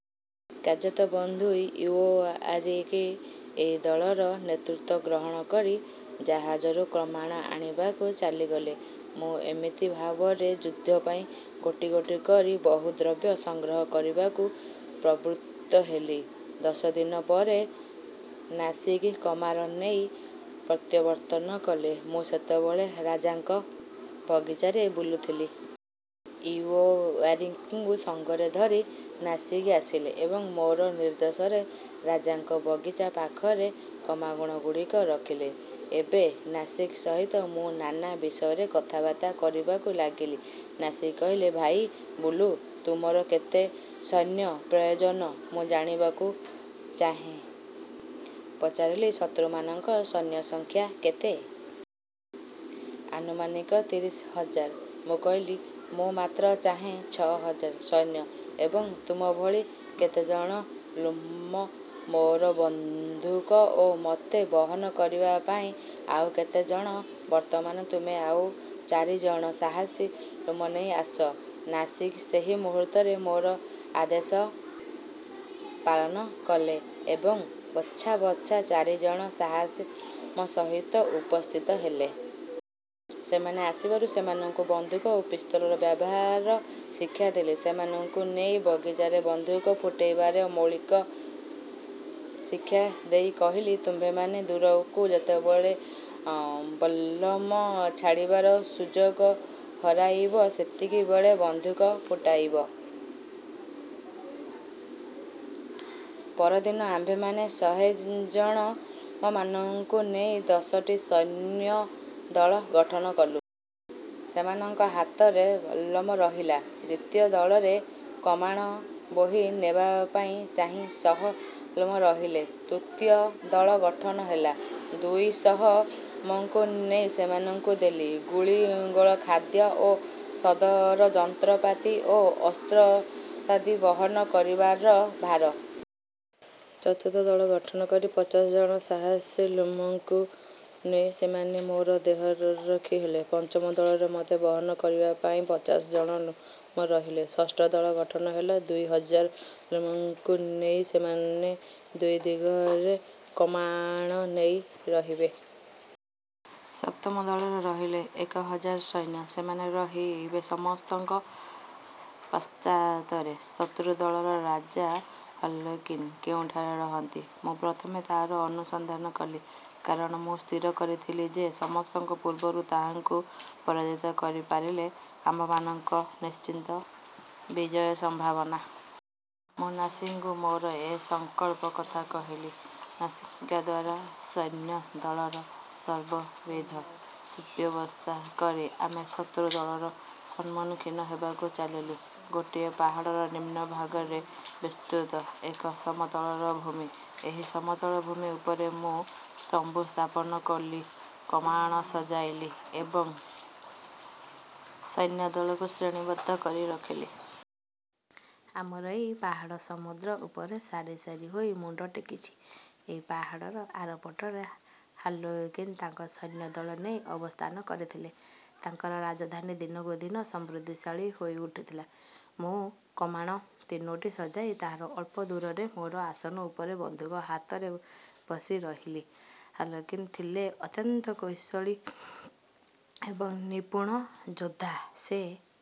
କାର୍ଯ୍ୟତଃ ବନ୍ଧୁ ଇଉଓୟାରକି ଏଇ ଦଳର ନେତୃତ୍ୱ ଗ୍ରହଣ କରି ଜାହାଜରୁ କମାଣ ଆଣିବାକୁ ଚାଲିଗଲେ। ମୁଁ ଏମିତି ଭାବରେ ଯୁଦ୍ଧପାଇଁ ଗୋଟି ଗୋଟି କରି ବହୁ ଦ୍ରବ୍ୟ ସଂଗ୍ରହ କରିବାକୁ ପ୍ରବୃତ୍ତ ହେଲି। ଦଶଦିନ ପରେ ନାସିଗ୍ କମାଣ ନେଇ ପ୍ରତ୍ୟାବର୍ତ୍ତନ କଲେ। ମୁଁ ସେତେବେଳେ ରାଜାଙ୍କ ବଗିଚାରେ ବୁଲୁଥିଲି। ଇଉଓୟାରକିଙ୍କୁ ସଙ୍ଗରେ ଧରି ନାସିଗ୍ ଆସିଲେ ଏବଂ ମୋର ନିର୍ଦ୍ଦେଶରେ ରାଜାଙ୍କ ବଗିଚା ପାଖରେ କମାଣଗୁଡ଼ିକ ରଖିଲେ। ଏବେ ନାସିଗ୍ ସହିତ ମୁଁ ନାନା ବିଷୟରେ କଥାବାର୍ତ୍ତା କରିବାକୁ ଲାଗିଲି। ନାସିଗ୍ କହିଲେ, ଭାଇ ବୁଲୁ, ତୁମର କେତେ ସୈନ୍ୟ ପ୍ରୟୋଜନ? ମୁଁ ଜାଣିବାକୁ ଚାହିଁ ପଚାରିଲି,–ଶତ୍ରୁମାନଙ୍କ ସୈନ୍ୟ ସଂଖ୍ୟା କେତେ? ''ଆନୁମାନିକ ତିରିଶ ହଜାର। '' ମୁଁ କହିଲି–ମୁଁ ମାତ୍ର ଚାହେଁ ଛଅ ହଜାର ସୈନ୍ୟ ଏବଂ ତୁମଭଳି କେତେଜଣ ଲ୍ଲୁମ। ମୋର ବନ୍ଧୁକ ଓ ମୋତେ ବହନ କରିବାପାଇଁ ଆଉ କେତେ ଜଣ। ବର୍ତ୍ତମାନ ତୁମେ ଆଉ ଚାରିଜଣ ସାହସୀ ଲ୍ଲୁମ ନେଇ ଆସ। ନାସିଗ୍ ସେହି ମୁହୂର୍ତ୍ତରେ ମୋର ଆଦେଶ ପାଳନ କଲେ ଏବଂ ବଛା ବଛା ଚାରିଜଣ ସାହସୀ ଲ୍ଲୁମ ସହିତ ଉପସ୍ଥିତ ହେଲେ। ସେମାନେ ଆସିବାରୁ ସେମାନଙ୍କୁ ବନ୍ଧୁକ ଓ ପିସ୍ତଲର ବ୍ୟବହାର ଶିକ୍ଷା ଦେଲି। ସେମାନଙ୍କୁ ନେଇ ବଗିଚାରେ ବନ୍ଧୁକ ଫୁଟାଇବାର ମୌଳିକ ଶିକ୍ଷା ଦେଇ କହିଲି, ''ତୁମ୍ଭେମାନେ ଦୂରରୁ ଯେତେବେଳେ ବଲ୍ଲମ ଛାଡ଼ିବାର ସୁଯୋଗ ହରାଇବ। ସେତିକିବେଳେ ବନ୍ଧୁକ ଫୁଟାଇବ। '' ପରଦିନ ଆମ୍ଭେମାନେ ଶହେଜଣ ଲ୍ଲୁମମାନଙ୍କୁ ନେଇ ଦଶଟି ସୈନ୍ୟଦଳ ଗଠନ କଲୁ। ସେମାନଙ୍କ ହାତରେ ବଲ୍ଲମ ରହିଲା। ଦ୍ୱିତୀୟ ଦଳରେ କମାଣ ବୋହି ନେବାପାଇଁ ଚାରି ଶହ ଲ୍ଳୁମ ରହିଲେ। ତୃତୀୟ ଦଳ ଗଠିତ ହେଲା ଦୁଇ ଶହ ଲ୍ଲୁମଙ୍କୁ ନେଇ। ସେମାନଙ୍କୁ ଦେଲି, ଗୁଳିଗୋଳା, ଖାଦ୍ୟ ଓ ରସଦ, ଯନ୍ତ୍ରପାତି ଓ ଅସ୍ତ୍ରଶସ୍ତ୍ରାଦି ବହନ କରିବାର ଭାର। ଚତୁର୍ଥ ଦଳ ଗଠନ କଲି ପଚାଶ ଜଣ ସାହାସୀ ଲ୍ଲୁମଙ୍କୁ ନେି। ସେମାନେ ମୋର ଦେହରକ୍ଷୀ ହେଲେ। ପଞ୍ଚମ ଦଳରେ ମୋତେ ବହନ କରିବାପାଇଁ ପଚାଶ ଜଣ ଲ୍ଲୁମ ରହିଲେ। ଷଷ୍ଠ ଦଳ ଗଠନ ହେଲା, ଦୁଇ ହଜାର ଲ୍ଲୁମଙ୍କୁ ନେଇ। ଏମାନେ ଦୁଇ ଦିଗରେ କମାଣ ନେଇ ରହିବେ। ସପ୍ତମ ଦଳରେ ରହିଲେ ଏକହଜାର ସୈନ୍ୟ। ସେମାନେ ରହିବେ ସମସ୍ତଙ୍କ ପଶ୍ଚାତରେ। ଶତ୍ରୁଦଳର ରଜା ହାର୍ଲୋକିନ କେଉଁଠାରେ ରହନ୍ତି, ମୁଁ ପ୍ରଥମେ ତା'ର ଅନୁସନ୍ଧାନ କଲି-। କାରଣ, ମୁଁ ସ୍ଥିର କରିଥିଲି ଯେ, ସମସ୍ତଙ୍କ ପୂର୍ବରୁ ତାହାଙ୍କୁ ପରାଜିତ କରିପାରିଲେ ଆମ୍ଭମାନଙ୍କ ନିଶ୍ଚିତ ବିଜୟର ସମ୍ଭାବନା। ମୁଁ ନାସିଗ୍ଙ୍କୁ ମୋର ଏହ ସଂକଳ୍ପ କଥା କହିଲି। ନାସିଗ୍ଦ୍ୱାରା ସୈନ୍ୟଦଳର ସର୍ବବିଧ ସୁବ୍ୟବସ୍ଥା କରି ଆମେ ଶତ୍ରୁଦଳର ସମ୍ମୁଖୀନ ହେବାକୁ ଚାଲିଲୁ। ଗୋଟିଏ ପାହାଡ଼ର ନିମ୍ନ ଭାଗରେ ବିସ୍ତୃତ ଏକ ସମସତଳ ଭୂମି। ଏହି ସମତଳ ଭୂମି ଉପରେ ମୁଁ ତମ୍ବୁ ସ୍ଥାପନ କଲି, କମାଣ ସଜାଇଲି ଏବଂ ସୈନ୍ୟଦଳକୁ ଶ୍ରେଣୀବଦ୍ଧ କରି ରଖିଲି। ଆମର ଏଇ ପାହାଡ଼ ସମୁଦ୍ର ଉପରେ ସାରି ସାରି ହୋଇ ମୁଣ୍ଡ ଟେକିଛି। ସେଇ ପାହାଡ଼ର ଆର ପଟରେ ହାର୍ଲୋକିନ ତାଙ୍କର ସୈନ୍ୟଦଳ ନେଇ ଅବସ୍ଥାନ କରୁଥିଲେ। ତାଙ୍କର ରାଜଧାନୀ ଦିନକୁ ଦିନ ସମୃଦ୍ଧିଶାଳୀ ହୋଇଉଠୁଥିଲା। ମୁଁ କମାଣ ତିନୋଟି ସଜାଇ ତାହାର ଅଳ୍ପ ଦୂରରେ ମୋର ଆସନ ଉପରେ ବନ୍ଧୁକ ହାତରେ ବସି ରହିଲି। ହାର୍ଲୋକିନ ଥିଲେ ଅତ୍ୟନ୍ତ କୌଶଳୀ ଏବଂ ନିପୁଣ ଯୋଦ୍ଧା। ସେ